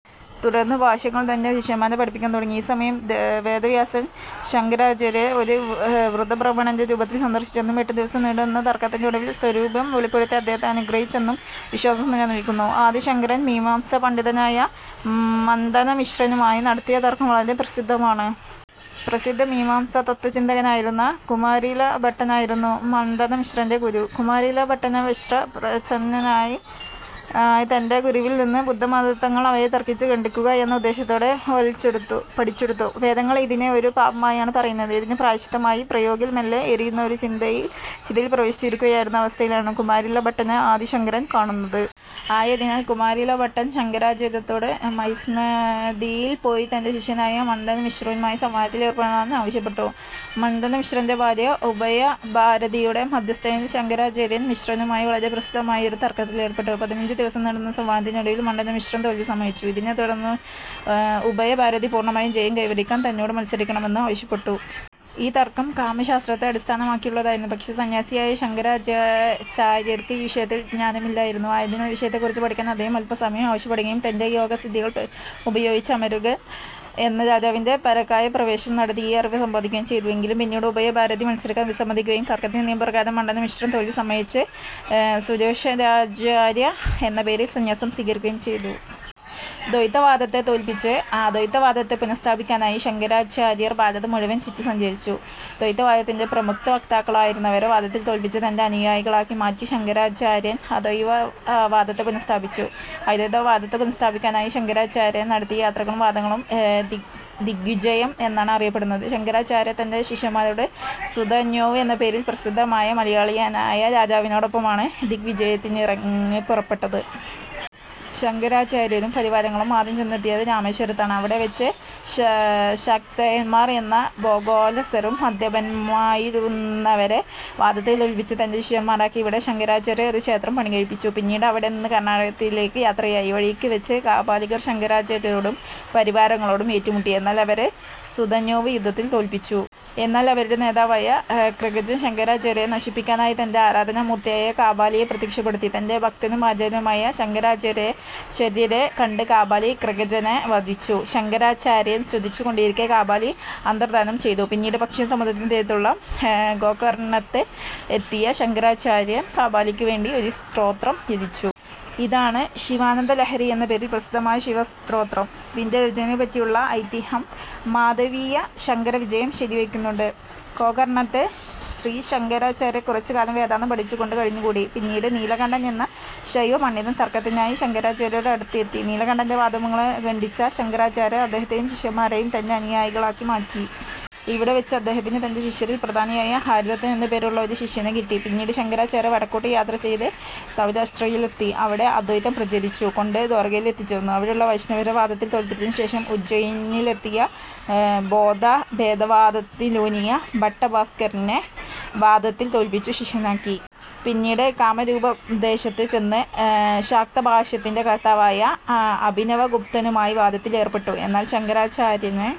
തുടർന്ന് ഭാഷ്യങ്ങൾ തന്റെ ശിഷ്യന്മാരെ പഠിപ്പിക്കാൻ തുടങ്ങി. ഈ സമയം, വേദവ്യാസൻ ശങ്കരാചാര്യരെ ഒരു വൃദ്ധബ്രാഹ്മണന്റെ രൂപത്തിൽ സന്ദർശിച്ചെന്നും എട്ടു ദിവസം നീണ്ടു നിന്ന തർക്കത്തിനൊടുവിൽ സ്വരൂപം വെളിപ്പെടുത്തി അദ്ദേഹത്തെ അനുഗ്രഹിച്ചു എന്നും വിശ്വാസം നിലനിൽക്കുന്നു. ആദി ശങ്കരൻ മീമാംസാ പണ്ഡിതനായ മണ്ഡനമിശ്രനുമായി നടത്തിയ തർക്കം വളരെ പ്രസിദ്ധമാണ്. പ്രസിദ്ധ മീമാംസാ തത്ത്വചിന്തകനായിരുന്ന കുമാരിലഭട്ടനായിരുന്നു മണ്ഡനമിശ്രന്റെ ഗുരു. കുമാരിലഭട്ടൻ വേഷപ്രച്ഛന്നനായി തന്റെ ഗുരുവിൽ നിന്ന് ബുദ്ധമതതത്ത്വങ്ങൾ അവയെ തർക്കിച്ച് ഖണ്ഡിക്കുക എന്ന ഉദ്ദേശ്യത്തോടെ പഠിച്ചെടുത്തു. വേദങ്ങൾ ഇതിനെ ഒരു പാപമായാണ് പറയുന്നത്. ഇതിന് പ്രായശ്ചിത്തമായി പ്രയാഗിൽ മെല്ലെ എരിയുന്ന ഒരു ചിതയിൽ പ്രവേശിച്ചിരിക്കുകയായിരുന്ന അവസ്ഥയിലാണ് കുമാരിലഭട്ടനെ ആദി ശങ്കരൻ കാണുന്നത്. ആയതിനാൽ കുമാരിലഭട്ടൻ ശങ്കരാചാര്യരോട് മഹിസ്മതിയിൽ പോയി തന്റെ ശിഷ്യനായ മണ്ഡനമിശ്രനുമായി സംവാദത്തിലേർപ്പെടാൻ ആവശ്യപ്പെട്ടു. മണ്ഡനമിശ്രന്റെ ഭാര്യ ഉഭയ ഭാരതിയുടെ മദ്ധ്യസ്ഥതയിൽ ശങ്കരാചാര്യർ മിശ്രനുമായി വളരെ പ്രസിദ്ധമായ ഒരു തർക്കത്തിലേർപ്പെട്ടു. പതിനഞ്ച് ദിവസം നീണ്ട സംവാദത്തിനൊടുവിൽ മണ്ഡനമിശ്രൻ തോൽവി സമ്മതിച്ചു. ഇതിനെ തുടർന്ന് ഉഭയ ഭാരതി പൂർണ്ണമായും ജയം കൈവരിയ്ക്കാൻ തന്നോട് മത്സരിയ്ക്കണമെന്ന് ആവശ്യപ്പെട്ടു. ഈ തർക്കം കാമശാസ്ത്രത്തെ അടിസ്ഥാനമാക്കിയുള്ളതായിരുന്നു. പക്ഷേ സന്ന്യാസിയായ ശങ്കരാചാര്യർക്ക് ഈ വിഷയത്തിൽ ജ്ഞാനമില്ലായിരുന്നു. ആയതിനാൽ വിഷയത്തെക്കുറിച്ച് പഠിക്കാൻ അദ്ദേഹം അല്പം സമയം ആവശ്യപ്പെടുകയും തന്റെ യോഗ സിദ്ധികൾ ഉപയോഗിച്ച് അമരുകൻ എന്ന രാജാവിൽ പരകായപ്രവേശം നടത്തി ഈ അറിവ് സമ്പാദിക്കുകയും ചെയ്തു. എങ്കിലും പിന്നീട് ഉഭയ ഭാരതി മത്സരിക്കാൻ വിസമ്മതിക്കുകയും തർക്കത്തിന്റെ നിയമ പ്രകാരം മണ്ഡനമിശ്രൻ തോൽവി സമ്മതിച്ച് സുരേശ്വരാചാര്യ എന്ന പേരിൽ സന്യാസം സ്വീകരിക്കുകയും ചെയ്തു. ദ്വൈതവാദത്തെ തോൽപ്പിച്ച് അദ്വൈത വാദത്തെ പുനഃസ്ഥാപിക്കാനായി ശങ്കരാചാര്യർ ഭാരതം മുഴുവൻ ചുറ്റി സഞ്ചരിച്ചു. ദ്വൈതവാദത്തിന്റെ പ്രമുഖവക്താക്കളായിരുന്നവരെ വാദത്തിൽ തോൽപ്പിച്ച് തന്റെ അനുയായികളാക്കി മാറ്റി ശങ്കരാചാര്യൻ അദ്വൈതവാദത്തെ പുനഃസ്ഥാപിച്ചു. അദ്വൈതവാദത്തെ പുനഃസ്ഥാപിക്കാനായി ശങ്കരാചാര്യർ നടത്തിയ യാത്രകളും വാദങ്ങളും ദിഗ്വിജയം എന്നാണ് അറിയപ്പെടുന്നത്. ശങ്കരാചാര്യർ തന്റെ ശിഷ്യൻമാരോടും സുധന്വാവ് എന്ന പേരിൽ പ്രസിദ്ധനായ മലയാളിയായ രാജാവിനോടൊപ്പവുമാണ് ദിഗ് വിജയത്തിനിറങ്ങിപ്പുറപ്പെട്ടത്. ശങ്കരാചാര്യരും പരിവാരങ്ങളും ആദ്യം ചെന്നെത്തിയത് രാമേശ്വരത്താണ്. അവിടെ വച്ച് ശാക്തേയൻമാർ എന്ന ഭോഗാലസരും മദ്യപൻമാരുമായിരുന്നവരെ വാദത്തിൽ തോൽപ്പിച്ച് തന്റെ ശിഷ്യൻമാരാക്കി. ഇവിടെ ശങ്കരാചാര്യർ ഒരു ക്ഷേത്രം പണികഴിപ്പിച്ചു. പിന്നീട് അവിടെ നിന്ന് കർണ്ണാടകത്തിലേയ്ക്ക് യാത്രയായി വഴിയ്ക്ക് വച്ച് കാപാലികർ ശങ്കരാചാര്യരോടും പരിവാരങ്ങളോടും ഏറ്റുമുട്ടി. എന്നാൽ അവരെ സുധന്വാവ് യുദ്ധത്തിൽ തോൽപ്പിച്ചു. എന്നാൽ അവരുടെ നേതാവായ ക്രകചൻ ശങ്കരാചാര്യരെ നശിപ്പിക്കാനായി തന്റെ ആരാധനാ മൂർത്തിയായ കാപാലിയെ പ്രത്യക്ഷപ്പെടുത്തി. തന്റെ ഭക്തനും ആചാര്യനുമായ ശങ്കരാചാര്യരെ കണ്ട് കാപാലി ക്രകചനെ വധിച്ചു. ശങ്കരാചാര്യർ സ്തുതിച്ചു കൊണ്ടിരിക്കേ കാപാലി അന്തർധാനം ചെയ്തു. പിന്നീട് പശ്ചിമ സമുദ്രത്തിന്റെ തീരത്തുള്ള ഗോകർണ്ണത്ത് എത്തിയ ശങ്കരാചാര്യൻ കാപാലിയ്ക്ക് വേണ്ടി ഒരു സ്തോത്രം രചിച്ചു. ഇതാണ് ശിവാനന്ദലഹരി എന്ന പേരിൽ പ്രസിദ്ധമായ ശിവസ്തോത്രം. ഇതിന്റെ രചനയെപ്പറ്റിയുള്ള ഐതിഹ്യം മാധവീയശങ്കരവിജയം ശരിവയ്ക്കുന്നുണ്ട്. ഗോകർണ്ണത്ത് ശ്രീശങ്കരാചാര്യൻ കുറച്ചു കാലം വേദാന്തം പഠിപ്പിച്ചു കൊണ്ട് കഴിഞ്ഞുകൂടി. പിന്നീട് നീലകണ്ഠൻ എന്ന ശൈവപണ്ഡിതൻ തർക്കത്തിനായി ശങ്കരാചാര്യരുടെ അടുത്ത് എത്തി നീലകണ്ഠന്റെ വാദമുഖങ്ങളെ ഖണ്ഡിച്ച ശങ്കരാചാര്യർ അദ്ദേഹത്തെയും ശിഷ്യൻമാരെയും തന്റെ അനുയായികളാക്കി മാറ്റി. ഇവിടെവച്ച് അദ്ദേഹത്തിന് തന്റെ ശിഷ്യരിൽ പ്രധാനിയായ ഹരിദത്തൻ എന്നു പേരുള്ള ഒരു ശിഷ്യനെ കിട്ടി. പിന്നീട് ശങ്കരാചാര്യൻ വടക്കോട്ടു യാത്ര ചെയ്ത് സൗരാഷ്ട്രയിലെത്തി. അവിടെ അദ്വൈതം പ്രചരിപ്പിച്ചു കൊണ്ട് ദ്വാരകയിൽ എത്തിച്ചേർന്നു. അവിടുള്ള വൈഷ്ണവരെ വാദത്തിൽ തോൽപ്പിച്ചതിനു ശേഷം ഉജ്ജയിനിയിലെത്തി ഭോദാഭേദവാദത്തിലൂന്നിയ ഭട്ടഭാസ്ക്കരകനെ വാദത്തിൽ തോൽപ്പിച്ചു ശിഷ്യനാക്കി. പിന്നീട് കാമരൂപദേശത്ത് ചെന്ന് ശാക്തഭാഷ്യത്തിന്റെ കർത്താവായ അഭിനവഗുപ്തനുമായി വാദത്തിൽ ഏർപ്പെട്ടു. എന്നാൽ ശങ്കരാചാര്യനെ